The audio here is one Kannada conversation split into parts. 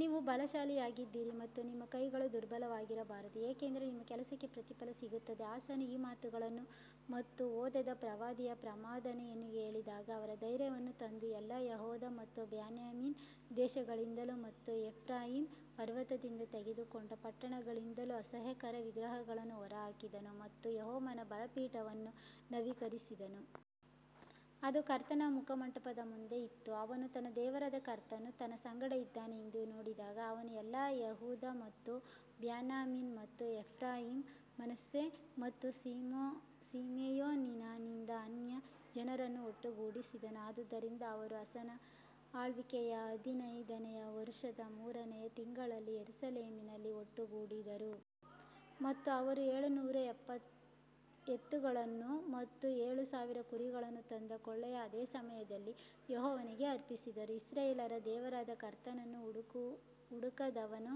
ನೀವು ಬಲಶಾಲಿಯಾಗಿರಿ ಮತ್ತು ನಿಮ್ಮ ಕೈಗಳು ದುರ್ಬಲವಾಗಿರಬಾರದು ಏಕೆಂದರೆ ನಿಮ್ಮ ಕೆಲಸಕ್ಕೆ ಪ್ರತಿಫಲ ಸಿಗುತ್ತದೆ ಆಸನು ಈ ಮಾತುಗಳನ್ನು ಮತ್ತು ಓದೆದ ಪ್ರವಾದಿಯ ಪ್ರವಾದನೆಯನ್ನು ಕೇಳಿದಾಗ ಅವನು ಧೈರ್ಯವನ್ನು ತಂದು ಎಲ್ಲಾ ಯೆಹೂದ ಮತ್ತು ಬೆನ್ಯಾಮೀನ್ ದೇಶಗಳಿಂದಲೂ ಮತ್ತು ಎಫ್ರಾಯೀಮ್ ಪರ್ವತದಿಂದ ತೆಗೆದುಕೊಂಡ ಪಟ್ಟಣಗಳಿಂದಲೂ ಅಸಹ್ಯಕರ ವಿಗ್ರಹಗಳನ್ನು ಹೊರಹಾಕಿದನು ಮತ್ತು ಯೆಹೋವನ ಬಲಿಪೀಠವನ್ನು ನವೀಕರಿಸಿದನು. ಅದು ಕರ್ತನ ಮುಖಮಂಟಪದ ಮುಂದೆ ಇತ್ತು ಅವನು ತನ್ನ ದೇವರಾದ ಕರ್ತನು ತನ್ನ ಸಂಗಡ ಇದ್ದಾನೆ ಎಂದು ನೋಡಿದಾಗ ಅವನು ಎಲ್ಲಾ ಯೆಹೂದ ಮತ್ತು ಬೆನ್ಯಾಮೀನ್ ಮತ್ತು ಎಫ್ರಾಯೀಮ್, ಮನಸ್ಸೆ ಮತ್ತು ಸಿಮೆಯೋನಿನಿಂದ ಅನ್ಯಜನರನ್ನು ಒಟ್ಟುಗೂಡಿಸಿದನು. ಆದುದರಿಂದ ಅವರು ಆಸನ ಆಳ್ವಿಕೆಯ ಹದಿನೈದನೆಯ ವರುಷದ ಮೂರನೆಯ ತಿಂಗಳಿನಲ್ಲಿ ಯೆರೂಸಲೇಮಿನಲ್ಲಿ ಒಟ್ಟುಗೂಡಿದರು. ಮತ್ತು ಅವರು ಏಳುನೂರು ಎತ್ತುಗಳನ್ನು ಮತ್ತು ಏಳು ಸಾವಿರ ಕುರಿಗಳನ್ನು ತಂದ ಕೊಳ್ಳೆಯ ಅದೇ ಸಮಯದಲ್ಲಿ ಯೆಹೋವನಿಗೆ ಅರ್ಪಿಸಿದರು. ಇಸ್ರಾಯೇಲ್ಯರ ದೇವರಾದ ಕರ್ತನನ್ನು ಹುಡುಕದವನು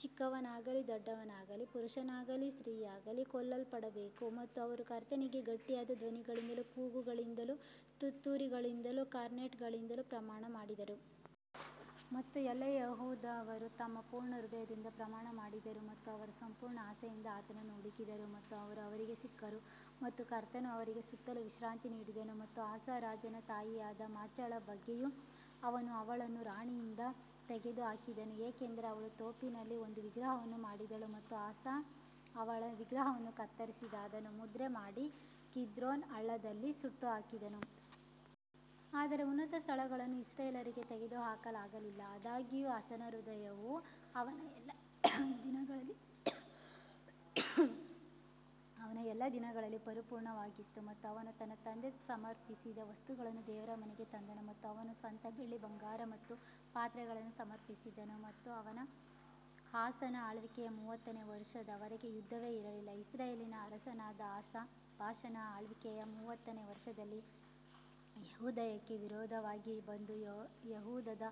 ಚಿಕ್ಕವನಾಗಲಿ ದೊಡ್ಡವನಾಗಲಿ ಪುರುಷನಾಗಲಿ ಸ್ತ್ರೀಯಾಗಲಿ ಕೊಲ್ಲಲ್ಪಡಬೇಕು ಮತ್ತು ಅವರು ಕರ್ತನಿಗೆ ಗಟ್ಟಿಯಾದ ಧ್ವನಿಯಿಂದಲೂ ಕೂಗುಗಳಿಂದಲೂ ತುತ್ತೂರಿಗಳಿಂದಲೂ ಕಾರ್ನೆಟ್ಗಳಿಂದಲೂ ಪ್ರಮಾಣ ಮಾಡಿದರು. ಮತ್ತು ಎಲ್ಲಾ ಯೆಹೂದದವರು ತಮ್ಮ ಪೂರ್ಣ ಹೃದಯದಿಂದ ಪ್ರಮಾಣ ಮಾಡಿದರು ಮತ್ತು ಅವರ ಸಂಪೂರ್ಣ ಆಸೆಯಿಂದ ಆತನನ್ನು ಹುಡುಕಿದರು ಮತ್ತು ಅವರು ಅವರಿಗೆ ಸಿಕ್ಕರು ಮತ್ತು ಕರ್ತನು ಅವರಿಗೆ ಸುತ್ತಲೂ ವಿಶ್ರಾಂತಿ ನೀಡಿದನು. ಮತ್ತು ಆಸಾ ರಾಜನ ತಾಯಿಯಾದ ಮಾಚಳ ಬಗ್ಗೆಯೂ ಅವನು ಅವಳನ್ನು ರಾಣಿಯಿಂದ ತೆಗೆದುಹಾಕಿದನು, ಏಕೆಂದರೆ ಅವಳು ತೋಪಿನಲ್ಲಿ ಒಂದು ವಿಗ್ರಹವನ್ನು ಮಾಡಿದಳು ಮತ್ತು ಆಸಾ ಅವಳ ವಿಗ್ರಹವನ್ನು ಕತ್ತರಿಸಿ ಅದನ್ನು ಮುದ್ರೆ ಮಾಡಿ ಕಿದ್ರೋನ್ ಹಳ್ಳದಲ್ಲಿ ಸುಟ್ಟುಹಾಕಿದನು. ಆದರೆ ಉನ್ನತ ಸ್ಥಳಗಳನ್ನು ಇಸ್ರಾಯೇಲ್ಯರಿಂದ ತೆಗೆದುಹಾಕಲಾಗಲಿಲ್ಲ, ಆದಾಗ್ಯೂ ಆಸನ ಹೃದಯವು ಅವನ ಎಲ್ಲಾ ದಿನಗಳಲ್ಲಿ ಪರಿಪೂರ್ಣವಾಗಿತ್ತು ಮತ್ತು ಅವನು ತನ್ನ ತಂದೆ ಸಮರ್ಪಿಸಿದ ವಸ್ತುಗಳನ್ನು ದೇವರ ಮನೆಗೆ ತಂದನು ಮತ್ತು ಅವನು ಸ್ವತಃ ಬೆಳ್ಳಿ, ಬಂಗಾರ ಮತ್ತು ಪಾತ್ರೆಗಳನ್ನು ಸಮರ್ಪಿಸಿದನು. ಮತ್ತು ಆಸನ ಆಳ್ವಿಕೆಯ ಮೂವತ್ತನೇ ವರುಷದ ವರೆಗೆ ಯುದ್ಧವೇ ಇರಲಿಲ್ಲ ಇಸ್ರಾಯೇಲಿನ ಅರಸನಾದ ಆಸಾ ಬಾಷನ ಆಳ್ವಿಕೆಯ ಮೂವತ್ತನೇ ವರುಷದಲ್ಲಿ ಯೆಹೂದಕ್ಕೆ ವಿರೋಧವಾಗಿ ಬಂದು ಯೆಹೂದದ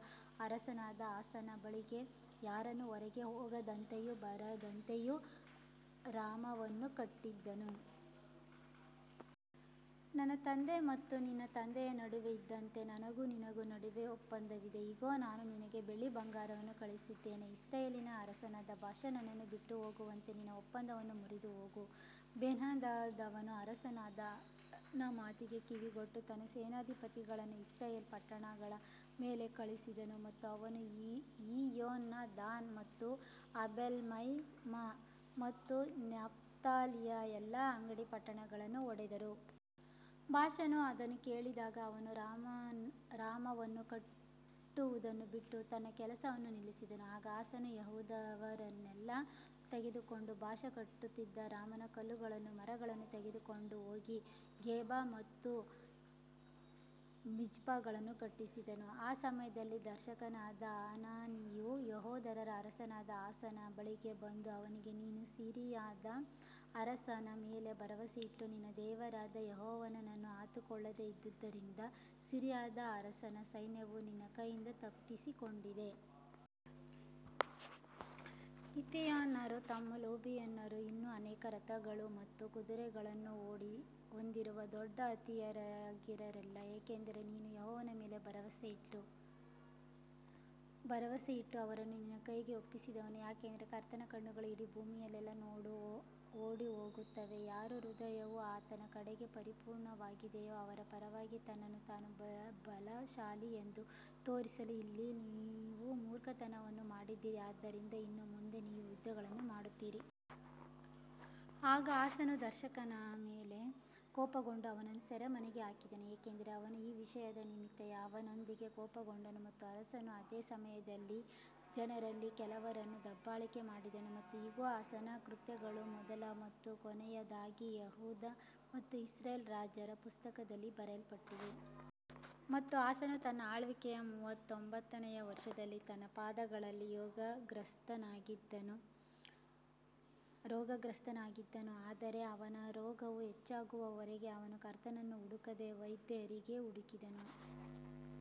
ಅರಸನಾದ ಆಸನ ಬಳಿಗೆ ಯಾರನ್ನೂ ಹೊರಗೆ ಹೋಗದಂತೆಯೂ ಬರದಂತೆಯೂ ರಾಮವನ್ನು ಕಟ್ಟಿಸಿದನು. ನನ್ನ ತಂದೆ ಮತ್ತು ನಿನ್ನ ತಂದೆಯ ನಡುವೆ ಇದ್ದಂತೆ ನನಗೂ ನಿನಗೂ ನಡುವೆ ಒಪ್ಪಂದವಿದೆ ಇಗೋ ನಾನು ನಿನಗೆ ಬೆಳ್ಳಿ ಬಂಗಾರವನ್ನು ಕಳುಹಿಸಿದ್ದೇನೆ ಇಸ್ರಾಯೇಲಿನ ಅರಸನಾದ ಬಾಷಾ ನನ್ನನ್ನು ಬಿಟ್ಟು ಹೋಗುವಂತೆ ನಿನ್ನ ಒಪ್ಪಂದವನ್ನು ಮುರಿದು ಹೋಗು. ಬೆನ್ಹದದನು ಅರಸನಾದ ಆಸನ ಮಾತಿಗೆ ಕಿವಿಗೊಟ್ಟು ತನ್ನ ಸೇನಾಧಿಪತಿಗಳನ್ನು ಇಸ್ರಾಯೇಲ್ ಪಟ್ಟಣಗಳ ಮೇಲೆ ಕಳುಹಿಸಿದನು ಮತ್ತು ಅವರು ಈಯೋನ್, ದಾನ್ ಮತ್ತು ಅಬೆಲ್ಮೈಮ್ ಮತ್ತು ನಫ್ತಾಲಿಯ ಎಲ್ಲಾ ಅಂಗಡಿ ಪಟ್ಟಣಗಳನ್ನು ಹೊಡೆದರು. ಬಾಷನು ಅದನ್ನು ಕೇಳಿದಾಗ ಅವನು ರಾಮವನ್ನು ಕಟ್ಟುವುದನ್ನು ಬಿಟ್ಟು ತನ್ನ ಕೆಲಸವನ್ನು ನಿಲ್ಲಿಸಿದನು ಆಗ ಆಸನು ಯೆಹೂದದವರನ್ನೆಲ್ಲಾ ತೆಗೆದುಕೊಂಡು ಬಾಷನು ಕಟ್ಟುತ್ತಿದ್ದ ರಾಮನ ಕಲ್ಲುಗಳನ್ನೂ ಮರಗಳನ್ನೂ ತೆಗೆದುಕೊಂಡು ಹೋಗಿ ಗೇಬ ಮತ್ತು ಮಿಜ್ಪಗಳನ್ನು ಕಟ್ಟಿಸಿದನು. ಆ ಸಮಯದಲ್ಲಿ ದರ್ಶಕನಾದ ಹನಾನಿಯು ಯೆಹೂದದ ಅರಸನಾದ ಆಸನ ಬಳಿಗೆ ಬಂದು ಅವನಿಗೆ ನೀನು ಸಿರಿಯದ ಅರಸನ ಮೇಲೆ ಭರವಸೆಯಿಟ್ಟು ನಿನ್ನ ದೇವರಾದ ಯೆಹೋವನನ್ನು ಆತುಕೊಳ್ಳದೆ ಇದ್ದದರಿಂದ ಸಿರಿಯಾದ ಅರಸನ ಸೈನ್ಯವು ನಿನ್ನ ಕೈಯಿಂದ ತಪ್ಪಿಸಿಕೊಂಡಿದೆ. ಇಥಿಯೋಪಿಯನರು ಮತ್ತು ಲುಬಿಮರು ಇನ್ನೂ ಅನೇಕ ರಥಗಳು ಮತ್ತು ಕುದುರೆಗಳನ್ನು ಹೊಂದಿರುವ ದೊಡ್ಡ ಆತಿಥೇಯರಾಗಿರಲಿಲ್ಲ, ಏಕೆಂದರೆ ನೀನು ಯೆಹೋವನ ಮೇಲೆ ಭರವಸೆಯಿಟ್ಟು ಅವರನ್ನು ನಿನ್ನ ಕೈಗೆ ಒಪ್ಪಿಸಿದನು. ಯಾಕಂದರೆ ಕರ್ತನ ಕಣ್ಣುಗಳು ಇಡೀ ಭೂಮಿಯಲ್ಲೆಲ್ಲಾ ಓಡಿಹೋಗುತ್ತವೆ, ಯಾರ ಹೃದಯವು ಆತನ ಕಡೆಗೆ ಪರಿಪೂರ್ಣವಾಗಿದೆಯೋ ಅವರ ಪರವಾಗಿ ತನ್ನನ್ನು ತಾನು ಬಲಶಾಲಿ ಎಂದು ತೋರಿಸಲು ಇಲ್ಲಿ ನೀವು ಮೂರ್ಖತನವನ್ನು ಮಾಡಿದ್ದೀರಿ ಆದ್ದರಿಂದ ಇನ್ನು ಮುಂದೆ ನೀವು ಯುದ್ಧಗಳನ್ನು ಮಾಡುತ್ತೀರಿ. ಆಗ ಆಸನು ದರ್ಶಕನ ಮೇಲೆ ಕೋಪಗೊಂಡು ಅವನನ್ನು ಸೆರೆಮನೆಗೆ ಹಾಕಿದನು, ಏಕೆಂದರೆ ಅವನು ಈ ವಿಷಯದ ನಿಮಿತ್ತ ಅವನೊಂದಿಗೆ ಕೋಪಗೊಂಡನು ಮತ್ತು ಆಸನು ಅದೇ ಸಮಯದಲ್ಲಿ ಜನರಲ್ಲಿ ಕೆಲವರನ್ನು ದಬ್ಬಾಳಿಕೆ ಮಾಡಿದನು. ಮತ್ತು ಇಗೋ, ಆಸನ ಕೃತ್ಯಗಳು ಮೊದಲ ಮತ್ತು ಕೊನೆಯದಾಗಿ ಯೆಹೂದ ಮತ್ತು ಇಸ್ರೇಲ್ ರಾಜರ ಪುಸ್ತಕದಲ್ಲಿ ಬರೆಯಲ್ಪಟ್ಟಿವೆ. ಮತ್ತು ಆಸನು ತನ್ನ ಆಳ್ವಿಕೆಯ ಮೂವತ್ತೊಂಬತ್ತನೇ ವರ್ಷದಲ್ಲಿ ತನ್ನ ಪಾದಗಳಲ್ಲಿ ರೋಗಗ್ರಸ್ತನಾಗಿದ್ದನು, ಆದರೆ ಅವನ ರೋಗವು ಹೆಚ್ಚಾಗುವವರೆಗೂ ಅವನು ಕರ್ತನನ್ನು ಹುಡುಕದೆ ವೈದ್ಯರಿಗೆ ಹುಡುಕಿದನು.